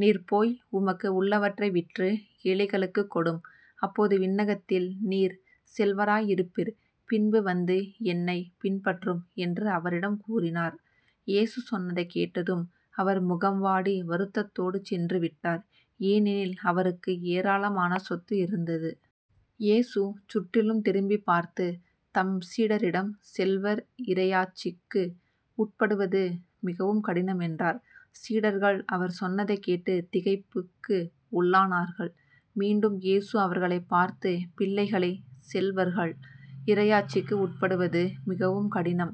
நீர் போய் உமக்கு உள்ளவற்றை விற்று ஏழைகளுக்குக் கொடும். அப்போது விண்ணகத்தில் நீர் செல்வராய் இருப்பீர். பின்பு வந்து என்னைப் பின்பற்றும் என்று அவரிடம் கூரினார். இயேசு சொன்னதைக் கேட்டதும் அவர் முகம் வாடி வருத்தத்தோடு சென்று விட்டார். ஏனெனில் அவருக்கு ஏராளமான சொத்து இருந்தது. இயேசு சுற்றிலும் திருப்பிப் பார்த்துத் தம் சீடரிடம் செல்வர் இறையாட்சிக்கு உட்படுவது மிகவும் கடினம் என்றார். சீடர்கள் அவர் சொன்னதைக் கேட்டுத் திகைப்புக்கு உள்ளானார்கள். மீண்டும் இயேசு அவர்களைப் பார்த்து பிள்ளைகளே செல்வர்கள் இறையாட்சிக்கு உட்படுவது மிகவும் கடினம்.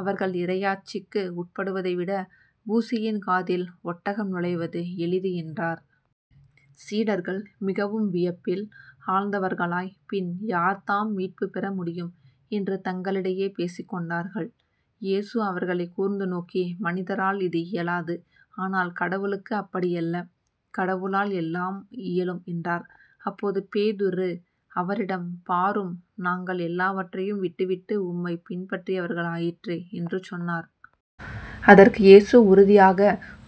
அவர்கள் இறையாட்சிக்கு உட்படுவதை விட ஊசியின் காதில் ஒட்டகம் நுழைவது எளிது என்றார். சீடர்கள் மிகவும் வியப்பில் ஆழ்ந்தவர்களாய் பின் யார்தாம் மீட்புப்பெற முடியும்? என்று தங்களிடையே பேசிக்கொண்டார்கள். இயேசு அவர்களைக் கூர்ந்து நோக்கி மனிதரால் இது இயலாது. ஆனால் கடவுளுக்கு அப்படியல்ல. கடவுளால் எல்லாம் இயலும் என்றார். அப்போது பேதுரு அவரிடம் பாரும் நாங்கள் எல்லாவற்றையும் விட்டுவிட்டு உம்மைப் பின்பற்றியவர்களாயிற்றே என்று சொன்னார். அதற்கு இயேசு உறுதியாக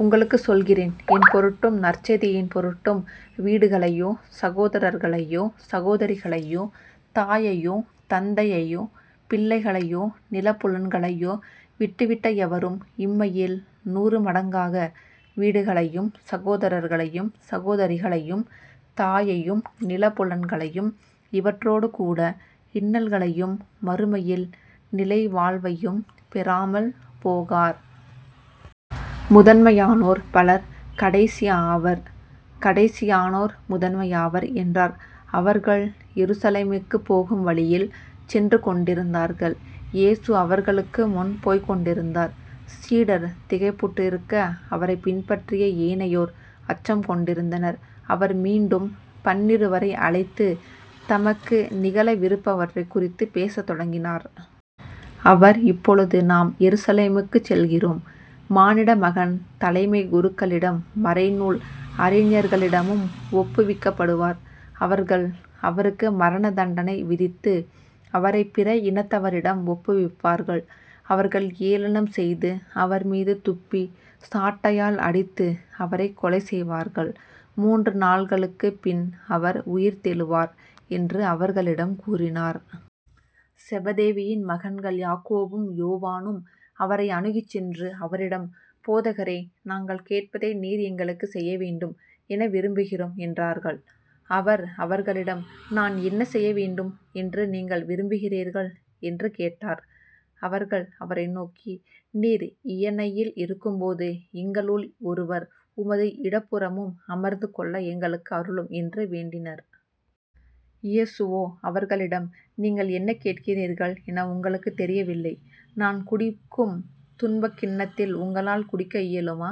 உங்களுக்குச் சொல்கிறேன் என் பொருட்டும் நற்செய்தியின் பொருட்டும் வீடுகளையோ சகோதரர்களையோ சகோதரிகளையோ தாயையோ தந்தையையோ பிள்ளைகளையோ நிலபுலன்களையோ விட்டுவிட்ட எவரும் இம்மையில் நூறு மடங்காக வீடுகளையும் சகோதரர்களையும் சகோதரிகளையும் தாயையும் நிலபுலன்களையும் இவற்றோடு கூட இன்னல்களையும் மறுமையில் நிலைவாழ்வையும் பெறாமல் போகார். முதன்மையானோர் பலர் கடைசி ஆவர் கடைசியானோர் முதன்மை ஆவர் என்றார். அவர்கள் எருசலேமுக்குப் போகும் வழியில் சென்று கொண்டிருந்தார்கள். இயேசு அவர்களுக்குமுன் போய்க்கொண்டிருந்தார். சீடர் திகைப்புற்றிருக்க, அவரைப் பின்பற்றிய ஏனையோர் அச்சம் கொண்டிருந்தனர். அவர் மீண்டும் பன்னிருவரை அழைத்துத் தமக்கு நிகழவிருப்பவற்றைக் குறித்துப் பேசத் தொடங்கினார். அவர் இப்பொழுது நாம் எருசலேமுக்குச் செல்கிறோம். மானிட மகன் தலைமைக் குருக்களிடம் மறைநூல் அறிஞர்களிடமும் ஒப்புவிக்கப்படுவார் அவர்கள் அவருக்கு மரண தண்டனை விதித்து அவரைப் பிற இனத்தவரிடம் ஒப்புவிப்பார்கள் அவர்கள் ஏளனம் செய்து அவர் மீது துப்பி சாட்டையால் அடித்து அவரைக் கொலை செய்வார்கள். மூன்று நாள்களுக்குப் பின் அவர் உயிர்த்தெழுவார் என்று அவர்களிடம் கூறினார். செபதேயுவின் மகன்கள் யாக்கோபும் யோவானும் அவரை அணுகிச் சென்று அவரிடம் போதகரே நாங்கள் கேட்பதை நீர் எங்களுக்குச் செய்யவேண்டும் என விரும்புகிறோம் என்றார்கள். அவர் அவர்களிடம் நான் என்ன செய்யவேண்டும் என்று நீங்கள் விரும்புகிறீர்கள்? என்று கேட்டார். அவர்கள் அவரை நோக்கி நீர் இயணையில் இருக்கும்போது எங்களுள் ஒருவர் உமது இடப்புறமும் அமர்ந்து கொள்ள எங்களுக்கு அருளும்" என்று வேண்டினர். இயேசுவோ அவர்களிடம் நீங்கள் என்ன கேட்கிறீர்கள் என உங்களுக்குத் தெரியவில்லை. நான் குடிக்கும் துன்பக் கிண்ணத்தில் உங்களால் குடிக்க இயலுமா?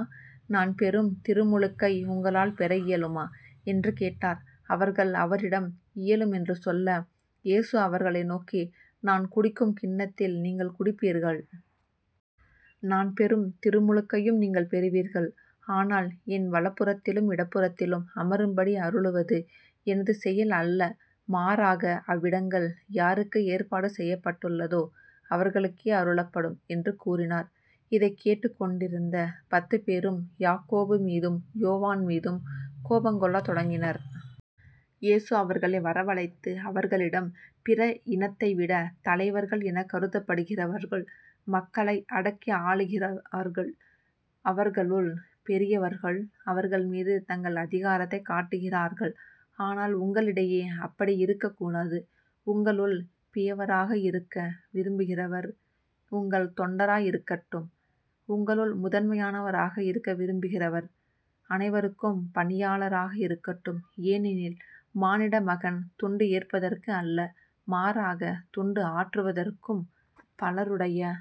நான் பெறும் திருமுழுக்கை உங்களால் பெற இயலுமா? என்று கேட்டார். அவர்கள் அவரிடம் இயலும் என்று சொல்ல இயேசு அவர்களை நோக்கி நான் குடிக்கும் கிண்ணத்தில் நீங்கள் குடிப்பீர்கள். நான் பெறும் திருமுழுக்கையும் நீங்கள் பெறுவீர்கள். ஆனால் என் வலப்புறத்திலும் இடப்புறத்திலும் அமரும்படி அருளுவது எனது செயல் அல்ல. மாறாக அவ்விடங்கள் யாருக்கு ஏற்பாடு செய்யப்பட்டுள்ளதோ அவர்களுக்கே அருளப்படும் என்று கூறினார். இதைக் கேட்டுக் கொண்டிருந்த பத்துப் பேரும் யாக்கோபுமீதும் யோவான் மீதும் கோபங்கொள்ளத் தொடங்கினர். இயேசு அவர்களை வரவழைத்து அவர்களிடம் பிற இனத்தைவிட தலைவர்கள் எனக் கருதப்படுகிறவர்கள் மக்களை அடக்கி ஆளுகிறார்கள். அவர்களுள் பெரியவர்கள் அவர்கள் மீது தங்கள் அதிகாரத்தைக் காட்டுகிறார்கள். ஆனால் உங்களிடையே அப்படி இருக்கக் கூடாது. உங்களுள் பியவராக இருக்க விரும்புகிறவர் உங்கள் தொண்டராய் இருக்கட்டும். உங்களுள் முதன்மையானவராக இருக்க விரும்புகிறவர், அனைவருக்கும் பணியாளராக இருக்கட்டும். ஏனெனில் மானிடமகன் தொண்டு ஏற்பதற்கு அல்ல மாறாகத் தொண்டு ஆற்றுவதற்கும் பலருடைய